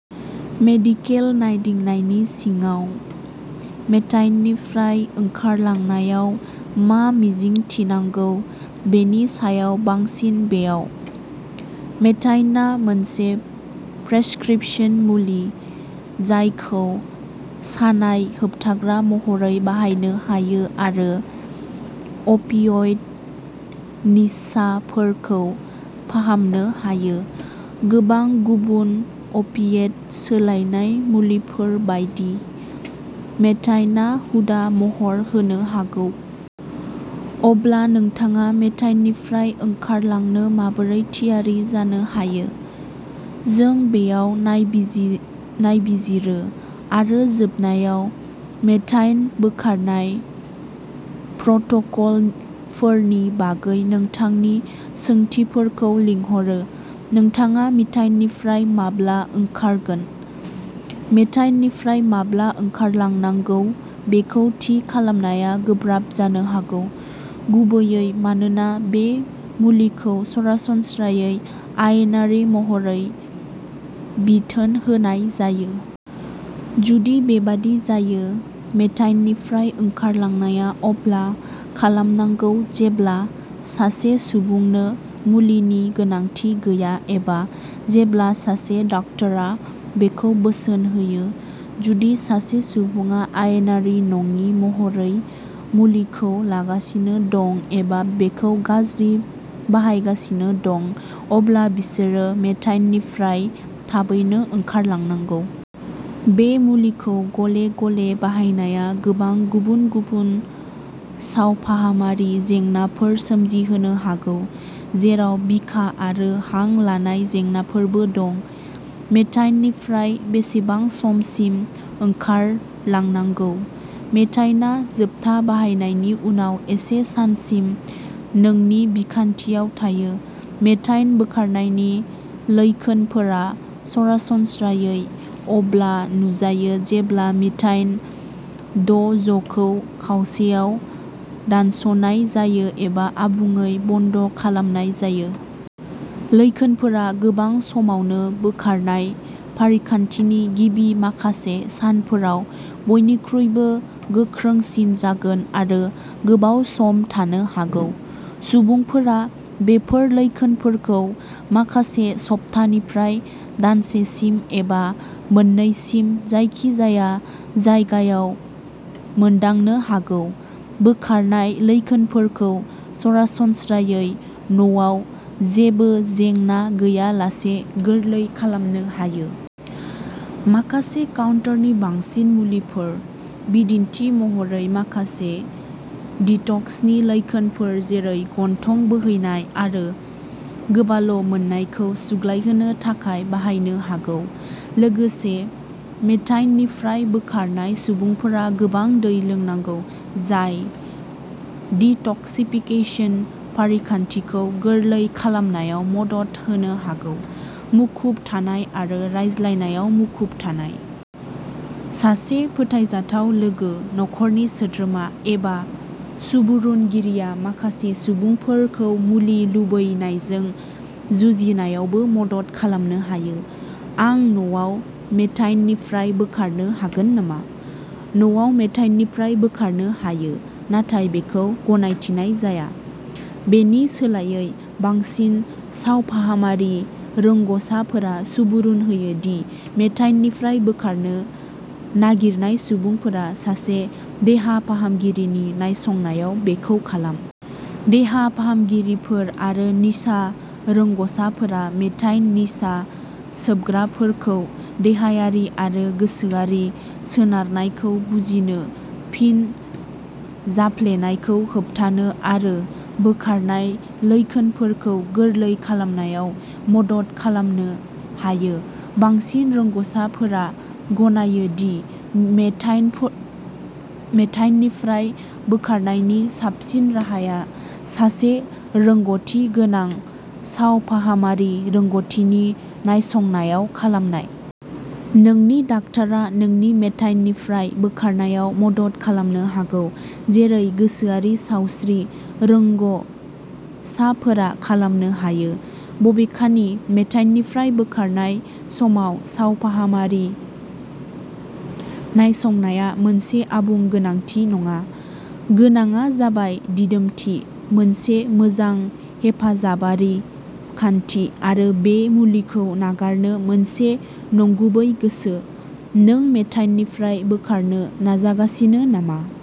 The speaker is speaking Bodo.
मेडिकेल नायदिंनायनि सिङाव। मेथाडननिफ्राय ओंखारलांनायाव मा मिजिंथिनांगौ बेनि सायाव बांसिन बेयाव। मेथाडनआ मोनसे प्रेसक्रिप्शन मुलि जायखौ सानाय होबथाग्रा महरै बाहायनो हायो आरो अफिएट निसाफोरखौ फाहामनो हायो। गोबां गुबुन अफिएट सोलायनाय मुलिफोर बायदि, मेथाडनआ हुदा महर होनो हागौ। अब्ला नोंथाङा मेथाडननिफ्राय ओंखारलांनो माबोरै थियारि जानो हायो? जों बेयाव नायबिजिरो, आरो जोबनायाव मेथाडन बोखारनाय प्रट'कलफोरनि बागै नोंथांनि सोंथिफोरखौ लिंहरो। नोंथाङा मेथाडननिफ्राय माब्ला ओंखारगोन? मेथाडननिफ्राय माब्ला ओंखारलांनांगौ बेखौ थि खालामनाया गोब्राब जानो हागौ, गुबैयै मानोना बे मुलिखौ सरासनस्रायै आयेनारि महरै बिथोन होनाय जायो। जुदि बेबादि जायो, मेथाडननिफ्राय ओंखारलांनाया अब्ला खालामनांगौ जेब्ला सासे सुबुंनो मुलिनि गोनांथि गैया एबा जेब्ला सासे डाक्टारा बेखौ बोसोन होयो। जुदि सासे सुबुङा आयेनारि नङि महरै मुलिखौ लागासिनो दं एबा बेखौ गाज्रि बाहायगासिनो दं, अब्ला बिसोरो मेथाडननिफ्राय थाबैनो ओंखारलांनांगौ। बे मुलिखौ गले-गले बाहायनाया गोबां गुबुन-गुबुन सावफाहामारि जेंनाफोर सोमजिहोनो हागौ, जेराव बिखा आरो हां लानाय जेंनाफोरबो दं। मेथाडननिफ्राय बेसेबां समसिम ओंखारलांनांगौ? मेथाडनआ जोबथा बाहायनायनि उनाव एसे सानसिम नोंनि बिखानथियाव थायो। मेथाडन बोखारनायनि लैखोनफोरा सरासनस्रायै अब्ला नुजायो जेब्ला मेथाडन द'जखौ खावसेयाव दानस'नाय जायो एबा आबुङै बन्द'खालामनाय जायो। लैखोनफोरा गोबां समावनो बोखारनाय फारिखान्थिनि गिबि माखासे सानफोराव बयनिख्रुइबो गोख्रोंसिन जागोन आरो गोबाव सम थानो हागौ। सुबुंफोरा बेफोर लैखोनफोरखौ माखासे सप्तानिफ्राय दानसेसिम, एबा मोननैसिम जायखिजाया जायगायाव मोनदांनो हागौ। बोखारनाय लैखोनफोरखौ सरासनस्रायै न'आव जेबो जेंना गैयालासे गोरलै खालामनो हायो। माखासे काउन्टार-नि-बांसिन मुलिफोर, बिदिन्थि महरै, माखासे डिटक्सनि लैखोनफोर जेरै गन्थं बोहैनाय आरो गोबाल'मोननायखौ सुग्लायहोनो थाखाय बाहायनो हागौ। लोगोसे, मेथाडननिफ्राय बोखारनाय सुबुंफोरा गोबां दै लोंनांगौ, जाय डिट'क्सिफिकेसन फारिखान्थिखौ गोरलै खालामनायाव मदद होनो हागौ। मुखुब थानाय आरो रायज्लायनायाव मुखुब थानाय। सासे फोथायजाथाव लोगो, नखरनि सोद्रोमा, एबा सुबुरुनगिरिआ माखासे सुबुंफोरखौ मुलि लुबैनायजों जुजिनायावबो मदद खालामनो हायो। आं न'आव मेथाडननिफ्राय बोखारनो हागोन नामा? न'आव मेथाडननिफ्राय बोखारनो हायो, नाथाय बेखौ गनायथिनाय जाया। बेनि सोलायै, बांसिन सावफाहामारि रोंग'साफोरा सुबुरुन होयो दि मेथाडननिफ्राय बोखारनो नागिरनाय सुबुंफोरा सासे देहा फाहामगिरिनि नायसंनायाव बेखौ खालाम। देहा फाहामगिरिफोर आरो निसा रोंग'साफोरा मेथाडन निसा सोबग्राफोरखौ देहायारि आरो गोसोआरि सोनारनायखौ बुजिनो, फिन जाफ्लेनायखौ होबथानो, आरो बोखारनाय लैखोनफोरखौ गोरलै खालामनायाव मदद खालामनो हायो। बांसिन रोंग'साफोरा गनायो दि मेथाडननिफ्राय बोखारनायनि साबसिन राहाया सासे रोंग'थिगोनां सावफाहामारि रोंग'थिनि नायसंनायाव खालामनाय। नोंनि डाक्टारआ नोंखौ मेथाडननिफ्राय बोखारनायाव मदद खालामनो हायो, जेरै गोसोआरि सावस्रि रोंग'साफोरा खालामनो हायो। बबेखानि, मेथाडननिफ्राय बोखारनाय समाव सावफाहामारि नायसंनाया मोनसे आबुं गोनांथि नङा। गोनांआ जाबाय दिदोमथि, मोनसे मोजां हेफाजाबारि खान्थि, आरो बे मुलिखौ नागारनो मोनसे नंगुबै गोसो। नों मेथाडननिफ्राय बोखारनो नाजागासिनो नामा?